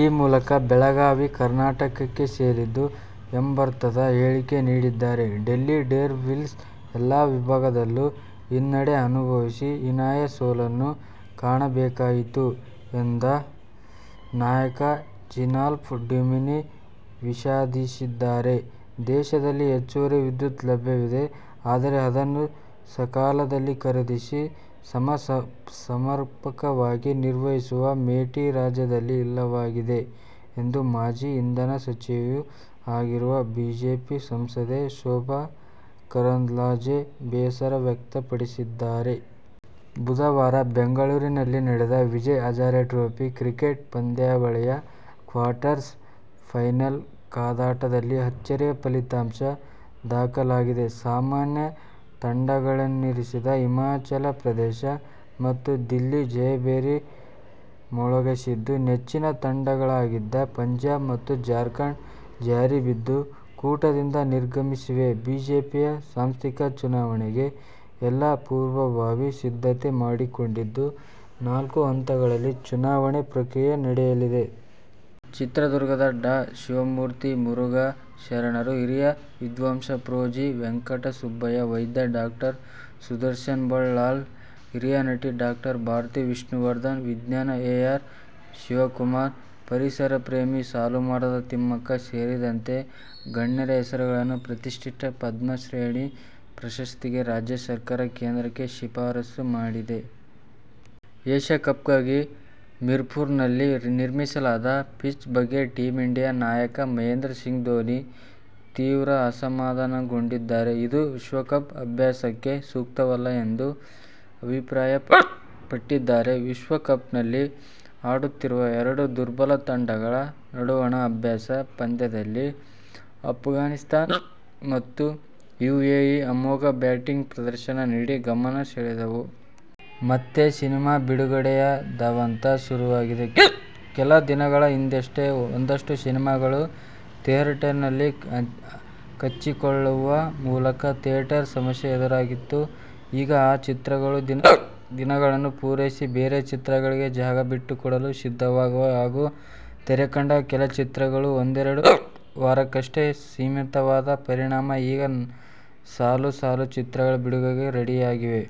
ಈ ಮೂಲಕ ಬೆಳಗಾವಿ ಕರ್ನಾಟಕಕ್ಕೆ ಸೇರಿದ್ದು ಎಂಬರ್ಥದ ಹೇಳಿಕೆ ನೀಡಿದ್ದಾರೆ. ಡೆಲ್ಲಿ ಡೇರ್ಡೆವಿಲ್ಸ್ ಎಲ್ಲ ವಿಭಾಗದಲ್ಲೂ ಹಿನ್ನಡೆ ಅನುಭವಿಸಿ ಹೀನಾಯ ಸೋಲನ್ನು ಕಾಣಬೇಕಾಯಿತು ಎಂದು ನಾಯಕ ಜೀನ್ಪಾಲ್ ಡ್ಯುಮಿನಿ ವಿಷಾದಿಸಿದ್ದಾರೆ. ದೇಶದಲ್ಲಿ ಹೆಚ್ಚುವರಿ ವಿದ್ಯುತ್ ಲಭ್ಯವಿದೆ. ಆದರೆ ಅದನ್ನು ಸಕಾಲದಲ್ಲಿ ಖರೀದಿಸಿ, ಸಮ ರ್ಪಕವಾಗಿ ನಿರ್ವಹಿಸುವ "ಮೇಟಿ' ರಾಜ್ಯದಲ್ಲಿ ಇಲ್ಲವಾಗಿದೆ ಎಂದು ಮಾಜಿ ಇಂಧನ ಸಚಿವೆಯೂ ಆಗಿರುವ ಬಿಜೆಪಿ ಸಂಸದೆ ಶೋಭಾ ಕರಂದ್ಲಾಜೆ ಬೇಸರ ವ್ಯಕ್ತಪಡಿಸಿದ್ದಾರೆ. ಬುಧವಾರ ಬೆಂಗಳೂರಿನಲ್ಲಿ ನಡೆದ ವಿಜಯ್ ಹಜಾರೆ ಟ್ರೋಫಿ ಕ್ರಿಕೆಟ್ ಪಂದ್ಯಾವಳಿಯ ಕ್ವಾರ್ಟರ್ ಫೈನಲ್ ಕಾದಾಟದಲ್ಲಿ ಅಚ್ಚರಿಯ ಫಲಿತಾಂಶ ದಾಖಲಾಗಿದೆ. ಸಾಮಾನ್ಯ ತಂಡಗಳೆನಿಸಿದ ಹಿಮಾಚಲ ಪ್ರದೇಶ ಮತ್ತು ದಿಲ್ಲಿ ಜಯಭೇರಿ ಮೊಳಗಿಸಿದ್ದು, ನೆಚ್ಚಿನ ತಂಡಗಳಾಗಿದ್ದ ಪಂಜಾಬ್ ಮತ್ತು ಜಾರ್ಖಂಡ್ ಜಾರಿ ಬಿದ್ದು ಕೂಟದಿಂದ ನಿರ್ಗಮಿಸಿವೆ. ಬಿಜೆಪಿಯ ಸಾಂಸ್ಥಿಕ ಚುನಾವಣೆಗೆ ಎಲ್ಲ ಪೂರ್ವಭಾವಿ ಸಿದ್ಧತೆ ಮಾಡಿಕೊಂಡಿದ್ದು, ನಾಲ್ಕು ಹಂತಗಳಲ್ಲಿ ಚುನಾವಣಾ ಪ್ರಕ್ರಿಯೆ ನಡೆಯಲಿದೆ. ಚಿತ್ರದುರ್ಗದ ಡಾ ಶಿವಮೂರ್ತಿ ಮುರುಘಾ ಶರಣರು, ಹಿರಿಯ ವಿದ್ವಾಂಸ ಪ್ರೊ ಜಿ. ವೆಂಕಟಸುಬ್ಬಯ್ಯ, ವೈದ್ಯ, ಡಾ ಸುದರ್ಶನ್ಬಲ್ಲಾಳ್, ಹಿರಿಯ ನಟಿ ಡಾ ಭಾರತಿ ವಿಷ್ಣುವರ್ಧನ್, ವಿಜ್ಞಾನಿ ಎ. ಆರ್. ಶಿವಕುಮಾರ್, ಪರಿಸರ ಪ್ರೇಮಿ ಸಾಲುಮರದ ತಿಮ್ಮಕ್ಕ ಸೇರಿದಂತೆ ಗಣ್ಯರ ಹೆಸರುಗಳನ್ನು ಪ್ರತಿಷ್ಠಿತ ಪದ್ಮ ಶ್ರೇಣಿ ಪ್ರಶಸ್ತಿಗೆ ರಾಜ್ಯ ಸರ್ಕಾರ ಕೇಂದ್ರಕ್ಕೆ ಶಿಫಾರಸು ಮಾಡಿದೆ. ಏಶ್ಯ ಕಪ್ಗಾಗಿ ಮೀರ್ಪುರ್ನಲ್ಲಿ ನಿರ್ಮಿಸಲಾದ ಪಿಚ್ ಬಗ್ಗೆ ಟೀಮ್ ಇಂಡಿಯಾ ನಾಯಕ ಮಹೇಂದ್ರ ಸಿಂಗ್ ಧೋನಿ ತೀವ್ರ ಅಸಮಾಧಾನಗೊಂಡಿದ್ದಾರೆ. ಇದು ವಿಶ್ವಕಪ್ ಅಭ್ಯಾಸಕ್ಕೆ ಸೂಕ್ತವಲ್ಲ ಎಂದು ಅಭಿಪ್ರಾಯಪಟ್ಟಿದ್ದಾರೆ. ವಿಶ್ವ ಕಪ್ನಲ್ಲಿ ಆಡುತ್ತಿರುವ ಎರಡು ದುರ್ಬಲ ತಂಡಗಳ ನಡುವಣ ಅಭ್ಯಾಸ ಪಂದ್ಯದಲ್ಲಿ ಅಫ್ಘಾನಿಸ್ಥಾನ ಮತ್ತು ಯುಎಇ ಅಮೋಘ ಬ್ಯಾಟಿಂಗ್ ಪ್ರದರ್ಶನ ನೀಡಿ ಗಮನ ಸೆಳೆದವು. ಮತ್ತೆ ಸಿನಿಮಾ ಬಿಡುಗಡೆಯ ಧಾವಂತ ಶುರುವಾಗಿದೆ. ಕೆಲ ದಿನಗಳ ಹಿಂದಷ್ಟೇ ಒಂದಷ್ಟು ಸಿನಿಮಾಗಳು ಥಿಯೇಟರ್ನಲ್ಲಿ ಕಚ್ಚಿಕೊಳ್ಳುವ ಮೂಲಕ ಥಿಯೇಟರ್ ಸಮಸ್ಯೆ ಎದುರಾಗಿತ್ತು. ಈಗ ಆ ಚಿತ್ರಗಳು ದಿನಗಳನ್ನು ಪೂರೈಸಿ, ಬೇರೆ ಚಿತ್ರಗಳಿಗೆ ಜಾಗ ಬಿಟ್ಟುಕೊಡಲು ಸಿದ್ಧವಾಗುವ ಹಾಗೂ ತೆರೆಕಂಡ ಕೆಲ ಚಿತ್ರಗಳು ಒಂದೆರಡು ವಾರಕ್ಕಷ್ಟೇ ಸೀಮಿತವಾದ ಪರಿಣಾಮ ಈಗ ಸಾಲು ಸಾಲು ಚಿತ್ರಗಳು ಬಿಡುಗಡೆಗೆ ರೆಡಿಯಾಗಿವೆ.